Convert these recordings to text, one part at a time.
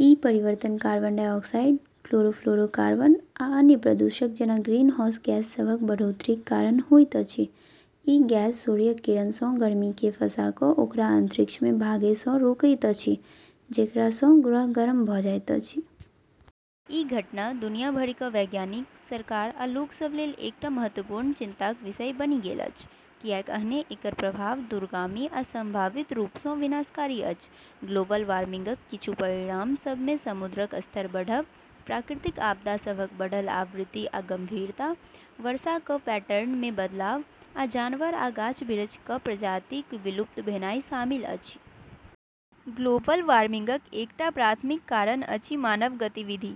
ई परिवर्तन carbon dioxide, chlorofluorocarbon, आ अन्य प्रदूषक जेना ग्रीनहाउस गैस सभक बढ़ोत्तरीक कारण होइत अछि। ई गैस सूर्यक किरण सँ गर्मिकेँ फँसा कऽ ओकरा अंतरिक्षमे भागए सँ रोकैत अछि, जेकरा सँ ग्रह गरम भऽ जाइत अछि। ई घटना दुनिया भरि क वैज्ञानिक, सरकार आ लोक सभ लेल एकटा महत्वपूर्ण चिंताक विषय बनि गेल अछि, कियाकअहने एकर प्रभाव दूरगामी आ संभावित रूप सँ विनाशकारी अछि। ग्लोबल वार्मिंगक किछु परिणाम सभ मे समुद्रक स्तर बढ़ब, प्राकृतिक आपदा सभक बढ़ल आवृत्ति आ गंभीरता, वर्षा क पैटर्न मे बदलाव, आ जानवर आ गाछ-बिरछ क प्रजातिक विलुप्त भेनाइ शामिल अछि। ग्लोबल वार्मिंगक एकटा प्राथमिक कारण अछि मानव गतिविधि।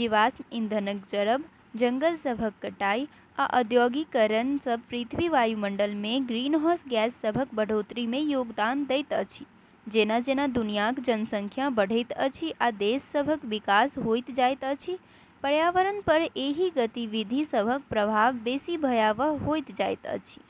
जीवाश्म ईंधनक जरब, जंगल सभक कटाइ, आ औद्योगीकरण सभ पृथ्वीक वायुमंडल मे ग्रीनहाउस गैस सभक बढ़ोत्तरी मे योगदान दैत अछि। जेना-जेना दुनियाक जनसंख्या बढ़ैत अछि आ देश सभक विकास होइत जाइत अछि, पर्यावरण पर एहि गतिविधि सभक प्रभाव बेसी भयावह होइत जाइत अछि।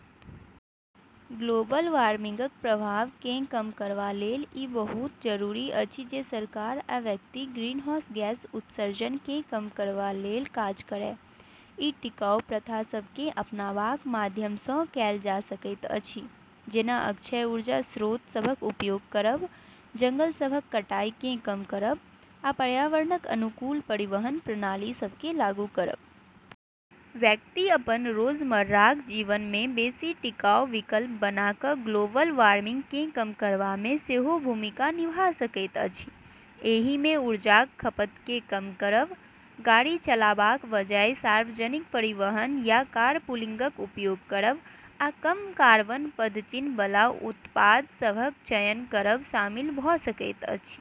ग्लोबल वार्मिंगक प्रभाव केँ कम करबा लेल ई बहुत जरूरी अछि जे सरकार आ व्यक्ति ग्रीनहाउस गैस उत्सर्जन केँ कम करबा लेल काज करए। ई टिकाऊ प्रथा सभ केँ अपनाबाक माध्यम सँ कएल जा सकैत अछि, जेना अक्षय ऊर्जा स्रोत सभक उपयोग करब, जंगल सभक कटाइ केँ कम करब, आ पर्यावरणक अनुकूल परिवहन प्रणाली सभ केँ लागू करब। व्यक्ति अपन रोजमर्राक जीवन मे बेसी टिकाऊ विकल्प बना कऽ ग्लोबल वार्मिंग केँ कम करबामे सेहो भूमिका निभा सकैत अछि। एहि मे ऊर्जाक खपत केँ कम करब, गाड़ी चलाबाक बजाय सार्वजनिक परिवहन या कारपूलिंगक उपयोग करब, आ कम कार्बन पदचिह्न बला उत्पाद सभक चयन करब शामिल भऽ सकैत अछि।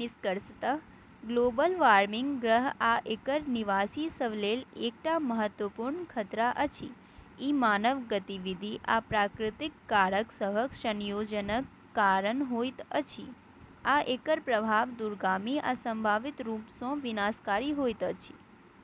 निष्कर्षतः ग्लोबल वार्मिंग ग्रह आ एकर निवासी सभ लेल एकटा महत्वपूर्ण खतरा अछि। ई मानव गतिविधि आ प्राकृतिक कारक सभक संयोजनक कारण होइत अछि, आ एकर प्रभाव दूरगामी आ संभावित रूप सँ विनाशकारी होइत अछि।